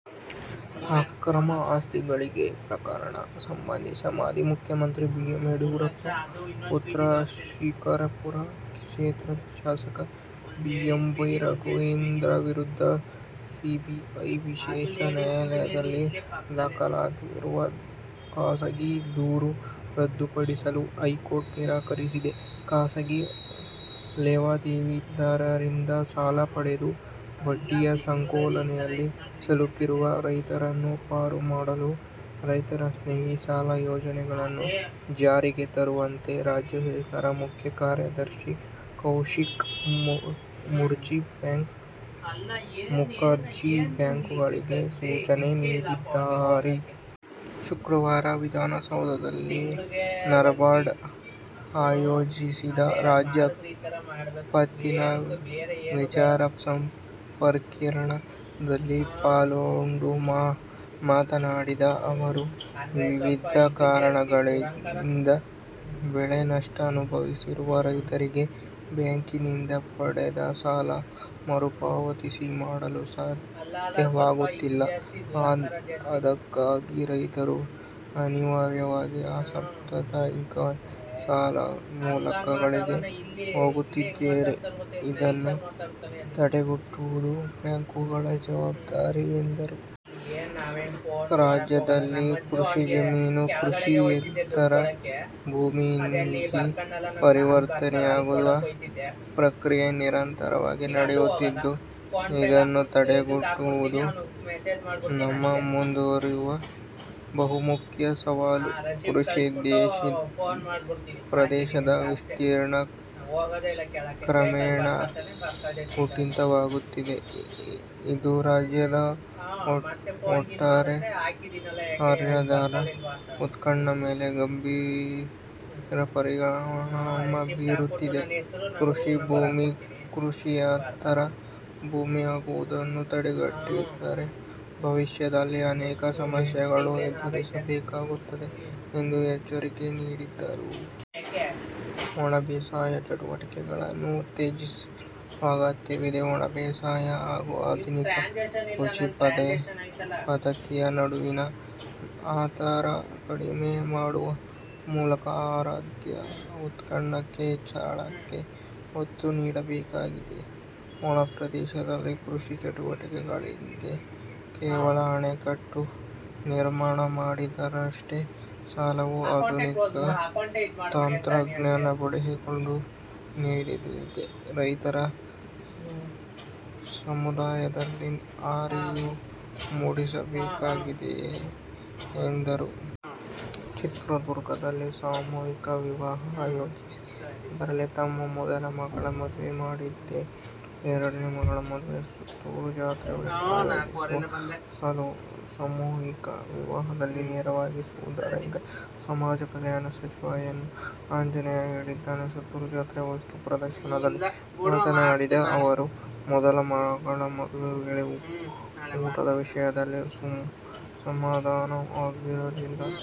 ಅಕ್ರಮ ಆಸ್ತಿ ಗಳಿಕೆ ಪ್ರಕರಣ ಸಂಬಂಧ ಮಾಜಿ ಮುಖ್ಯಮಂತ್ರಿ ಬಿ. ಎಸ್. ಯಡಿಯೂರಪ್ಪ ಅವರ ಪುತ್ರ, ಶಿಕಾರಿಪುರ ಕ್ಷೇತ್ರದ ಶಾಸಕ ಬಿ. ವೈ. ರಾಘವೇಂದ್ರ ವಿರುದ್ಧ ಸಿಬಿಐ ವಿಶೇಷ ನ್ಯಾಯಾಲಯದಲ್ಲಿ ದಾಖಲಾಗಿರುವ ಖಾಸಗಿ ದೂರು ರದ್ದುಪಡಿಸಲು ಹೈಕೋರ್ಟ್ ನಿರಾಕರಿಸಿದೆ. ಖಾಸಗಿ ಲೇವಾದೇವಿದಾರರಿಂದ ಸಾಲ ಪಡೆದು ಬಡ್ಡಿಯ ಸಂಕೋಲೆಯಲ್ಲಿ ಸಿಲುಕಿರುವ ರೈತರನ್ನು ಪಾರು ಮಾಡಲು ರೈತಸ್ನೇಹಿ ಸಾಲ ಯೋಜನೆಗಳನ್ನು ಜಾರಿಗೆ ತರುವಂತೆ ರಾಜ್ಯ ಸರ್ಕಾರದ ಮುಖ್ಯ ಕಾರ್ಯದರ್ಶಿ ಕೌಶಿಕ್ ಮುಖರ್ಜಿ ಬ್ಯಾಂಕುಗಳಿಗೆ ಸೂಚನೆ ನೀಡಿದ್ದಾರೆ. ಶುಕ್ರವಾರ ವಿಧಾನಸೌಧಲ್ಲಿ ನಬಾರ್ಡ್ ಆಯೋಜಿಸಿದ್ದ ''''''ರಾಜ್ಯ ಪತ್ತಿನ ವಿಚಾರಸಂಕಿರಣ''ದಲ್ಲಿ ಪಾಲ್ಗೊಂಡು ಮಾತನಾಡಿದ ಅವರು, ವಿವಿಧ ಕಾರಣಗಳಿಂದ ಬೆಳೆ ನಷ್ಟ ಅನುಭವಿಸುವ ರೈತರಿಗೆ ಬ್ಯಾಂಕಿನಿಂದ ಪಡೆದ ಸಾಲ ಮರುಪಾವತಿ ಮಾಡಲು ಸಾಧ್ಯವಾಗುತ್ತಿಲ್ಲ. ಅದಕ್ಕಾಗಿ ರೈತರು ಅನಿವಾರ್ಯವಾಗಿ ಅಸಂಪ್ರದಾಯಿಕ ಸಾಲ ಮೂಲಗಳಿಗೆ ಹೋಗುತ್ತಿದ್ದಾರೆ. ಇದನ್ನು ತಡೆಗಟ್ಟುವುದು ಬ್ಯಾಂಕುಗಳ ಜವಾಬ್ದಾರಿ ಎಂದರು. ರಾಜ್ಯದಲ್ಲಿ ಕೃಷಿ ಜಮೀನು ಕೃಷಿಯೇತರ ಭೂಮಿಯಾಗಿ ಪರಿವರ್ತನೆಯಾಗುವ ಪ್ರಕ್ರಿಯೆ ನಿರಂತರ ನಡೆಯುತ್ತಿದ್ದು, ಇದನ್ನು ತಡೆಗಟ್ಟುವುದು ನಮ್ಮ ಮುಂದಿರುವ ಬಹುಮಖ್ಯ ಸವಾಲು. ಕೃಷಿ ಪ್ರದೇಶದ ವಿಸ್ತೀರ್ಣ ಕ್ರಮೇಣ ಕುಂಠಿತವಾಗುತ್ತಿದೆ. ಇದು ರಾಜ್ಯದ ಒಟ್ಟಾರೆ ಆಹಾರಧಾನ್ಯ ಉತ್ಪಾದನೆ ಮೇಲೆ ಗಂಭೀರ ಪರಿಣಾಮ ಬೀರುತ್ತಿದೆ. ಕೃಷಿ ಭೂಮಿ ಕೃಷಿಯೇತರ ಭೂಮಿ ಆಗುವುದನ್ನು ತಡೆಗಟ್ಟದಿದ್ದರೆ ಭವಿಷ್ಯದಲ್ಲಿ ಅನೇಕ ಸಮಸ್ಯೆಗಳನ್ನು ಎದುರಿಸಬೇಕಾಗುತ್ತದೆ ಎಂದು ಎಚ್ಚರಿಕೆ ನೀಡಿದರು. ಒಣಬೇಸಾಯ ಚಟುವಟಿಕೆಗಳನ್ನು ಉತ್ತೇಜಿಸುವ ಅಗತ್ಯವಿದೆ. ಒಣಬೇಸಾಯ ಹಾಗೂ ಆಧುನಿಕ ಕೃಷಿ ಪದ್ದತಿಯ ನಡುವಿನ ಅಂತರ ಕಡಿಮೆ ಮಾಡುವ ಮೂಲಕ ಆಹಾರಧಾನ್ಯ ಉತ್ಪಾದನೆ ಹೆಚ್ಚಳಕ್ಕೆ ಒತ್ತು ನೀಡಬೇಕಾಗಿದೆ. ಒಣಪ್ರದೇಶದಲ್ಲಿ ಕೃಷಿ ಚಟುವಟಿಕೆಗಳಿಗೆ ಕೇವಲ ಆಣೆಕಟ್ಟೆ ನಿರ್ಮಾಣ ಮಾಡಿದರಷ್ಟೆ ಸಾಲದು, ಆಧುನಿಕ ತಂತ್ರಜ್ಞಾನ ಬಳಸಿಕೊಳ್ಳುವ ನಿಟ್ಟಿನಲ್ಲಿ ರೈತ ಸಮುದಾಯದಲ್ಲಿ ಅರಿವು ಮೂಡಿಸಬೇಕಾಗಿದೆ ಎಂದರು. ಚಿತ್ರದುರ್ಗದಲ್ಲಿ ಸಾಮೂಹಿಕ ವಿವಾಹ ಆಯೋಜಿಸಿ ಅದರಲ್ಲೆ ತಮ್ಮ ಮೊದಲ ಮಗಳ ಮದುವೆ ಮಾಡಿದ್ದೆ, ಇನ್ನು ಎರಡನೇ ಮಗಳ ಮದುವೆಯನ್ನು ಸುತ್ತೂರು ಜಾತ್ರೆ ವೇಳೆ ಆಯೋಜಿಸುವ ಸಾಮೂಹಿಕ ವಿವಾಹದಲ್ಲಿ ನೆರವೇರಿಸುವುದಾಗಿ ಸಮಾಜ ಕಲ್ಯಾಣ ಸಚಿವ ಎಚ್. ಆಂಜನೇಯ ಹೇಳಿದ್ದಾರೆ. ಸುತ್ತೂರು ಜಾತ್ರೆಯ ವಸ್ತು ಪ್ರದರ್ಶನದಲ್ಲಿ ಮಾತನಾಡಿದ ಅವರು, ಮೊದಲ ಮಗಳ ಮದುವೆ ವೇಳೆ ಊಟದ ವಿಷಯದಲ್ಲಿ ಸಮಾಧಾನ ಆಗಿರಲಿಲ್ಲ.